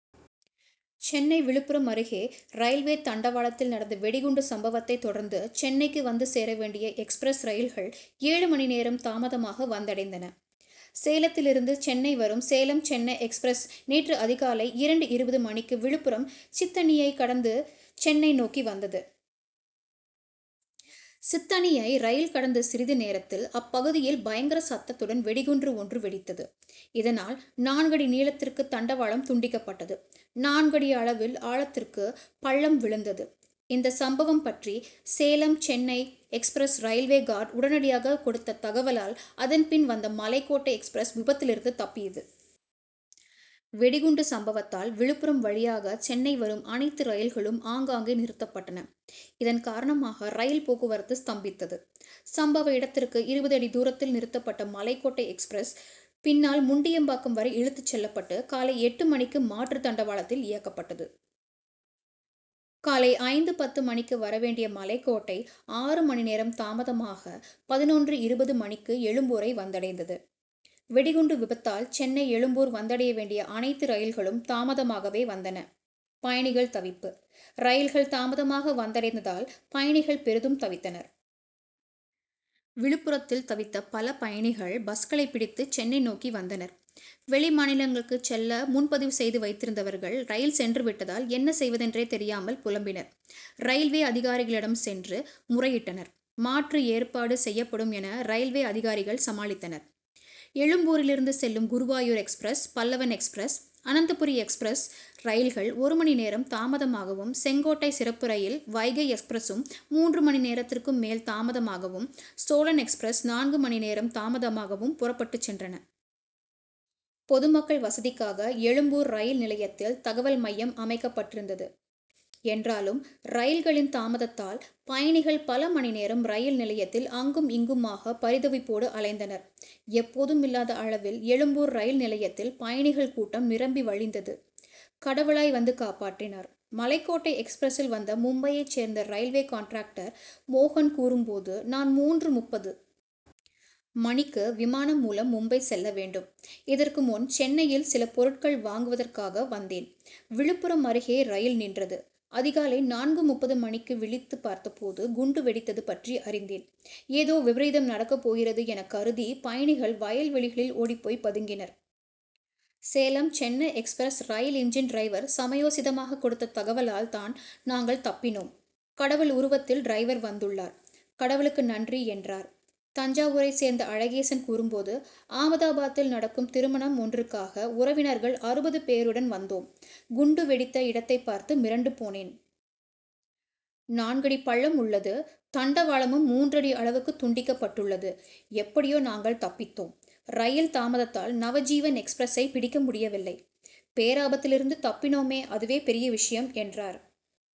சென்னை விழுப்புரம் அருகே ரயில்வே தண்டவாளத்தில் நடந்த வெடிகுண்டு சம்பவத்தைத் தொடர்ந்து சென்னைக்கு வந்து சேர வேண்டிய எக்ஸ்பிரஸ் ரயில்கள் ஏழு மணி நேரம் தாமதமாக வந்தடைந்தன. சேலத்திலிருந்து சென்னை வரும் சேலம் சென்னை எக்ஸ்பிரஸ் நேற்று அதிகாலை இரண்டு இருபது மணிக்கு விழுப்புரம் சித்தணியைக் கடந்து சென்னை நோக்கி வந்தது. சித்தணியை ரயில் கடந்த சிறிது நேரத்தில், அப்பகுதியில் பயங்கர சத்தத்துடன் வெடிகுண்டு ஒன்று வெடித்தது. இதனால், நான்கடி நீளத்திற்கு தண்டவாளம் துண்டிக்கப்பட்டது. நான்கடி அளவில் ஆழத்திற்கு பள்ளம் விழுந்தது. இந்த சம்பவம் பற்றி, Salem Chennai express railway guard உடனடியாக கொடுத்த தகவலால், அதன் பின் வந்த மலைக்கோட்டை எக்ஸ்பிரஸ் விபத்திலிருந்து தப்பியது. வெடிகுண்டு சம்பவத்தால் விழுப்புரம் வழியாக சென்னை வரும் அனைத்து ரயில்களும் ஆங்காங்கே நிறுத்தப்பட்டன. இதன் காரணமாக ரயில் போக்குரவத்து ஸ்தம்பித்தது. சம்பவ இடத்திற்கு இருபது அடி தூரத்தில் நிறுத்தப்பட்ட மலைக்கோட்டை எக்ஸ்பிரஸ், பின்னால் முண்டியம்பாக்கம் வரை இழுத்துச் செல்லப்பட்டு, காலை எட்டு மணிக்கு மாற்று தண்டவாளத்தில் இயக்கப்பட்டது. காலை ஐந்து பத்து மணிக்கு வர வேண்டிய மலைக்கோட்டை ஆறு மணி நேரம் தாமதமாக பதினொன்று.இருபது மணிக்கு எழும்பூரை வந்தடைந்தது. வெடிகுண்டு விபத்தால் சென்னை எழும்பூர் வந்தடைய வேண்டிய அனைத்து ரயில்களும் தாமதமாகவே வந்தன. பயணிகள் தவிப்பு: ரயில்கள் தாமதமாக வந்தடைந்ததால் பயணிகள் பெரிதும் தவித்தனர். விழுப்புரத்தில் தவித்த பல பயணிகள், பஸ்களை பிடித்து சென்னை நோக்கி வந்தனர். வெளிமாநிலங்களுக்குச் செல்ல முன்பதிவு செய்து வைத்திருந்தவர்கள், ரயில்கள் சென்று விட்டதால், என்ன செய்வதென தெரியாமல் புலம்பினர். ரயில்வே அதிகாரிகளிடம் சென்று முறையிட்டனர். மாற்று ஏற்பாடு செய்யப்படும் என, ரயில்வே அதிகாரிகள் சமாளித்தனர். எழும்பூரிலிருந்து செல்லும் Guruvayur express, Pallavan express, Ananthapuri express ரயில்கள் ஒரு மணி நேரம் தாமதமாகவும், செங்கோட்டை சிறப்பு ரயில், வைகை எக்ஸ்பிரசும் மூன்று மணி நேரத்திற்கும் மேல் தாமதமாகவும், சோழன் எக்ஸ்பிரஸ் நான்கு மணி நேரம் தாமதமாகவும் புறப்பட்டுச் சென்றன. பொதுமக்கள் வசதிக்காக எழும்பூர் ரயில் நிலையத்தில், தகவல் மையம் அமைக்கப்பட்டிருந்தது. என்றாலும், ரயில்களின் தாமதத்தால் பயணிகள் பல மணி நேரம் ரயில் நிலையத்தில், அங்கும், இங்குமாக பரிதவிப்போடு அலைந்தனர். எப்போதுமில்லாத அளவில் எழும்பூர் ரயில் நிலையத்தில் பயணிகள் கூட்டம் நிரம்பி வழிந்தது. கடவுளாய் வந்து காப்பாற்றினார்: மலைக்கோட்டை எக்ஸ்பிரசில் வந்த மும்பையைச் சேர்ந்த ரயில்வே கான்ட்ராக்டர் மோகன் கூறும்போது, நான் மூன்று.முப்பது மணிக்கு விமானம் மூலம் மும்பை செல்ல வேண்டும். இதற்கு முன், சென்னையில் சில பொருட்கள் வாங்குவதற்காக வந்தேன். விழுப்புரம் அருகே ரயில் நின்றது. அதிகாலை நான்கு.முப்பது மணிக்கு விழித்து பார்த்தபோது, குண்டு வெடித்தது பற்றி அறிந்தேன். ஏதோ விபரீதம் நடக்கப் போகிறது என கருதி பயணிகள், வயல்வெளிகளில் ஓடிப்போய் பதுங்கினர். சேலம் சென்னை எக்ஸ்பிரஸ் ரயில் இன்ஜின் டிரைவர் சமயோசிதமாக கொடுத்த தகவலால் தான் நாங்கள் தப்பினோம். கடவுள் உருவத்தில் டிரைவர் வந்துள்ளார். கடவுளுக்கு நன்றி என்றார். தஞ்சாவூரைச் சேர்ந்த அழகேசன் கூறும்போது, ஆமதாபாத்தில் நடக்கும் திருமணம் ஒன்றுக்காக உறவினர்கள் அறுபது பேருடன் வந்தோம். குண்டு வெடித்த இடத்தை பார்த்து மிரண்டு போனேன். நான்கடி பள்ளம் உள்ளது. தண்டவாளமும் மூன்றடி அளவுக்கு துண்டிக்கப்பட்டுள்ளது. எப்படியோ நாங்கள் தப்பித்தோம். ரயில் தாமதத்தால் நவஜீவன் எக்ஸ்பிரசை பிடிக்க முடியவில்லை. பேராபத்திலிருந்து தப்பினோமே அதுவே பெரிய விஷயம் என்றார்.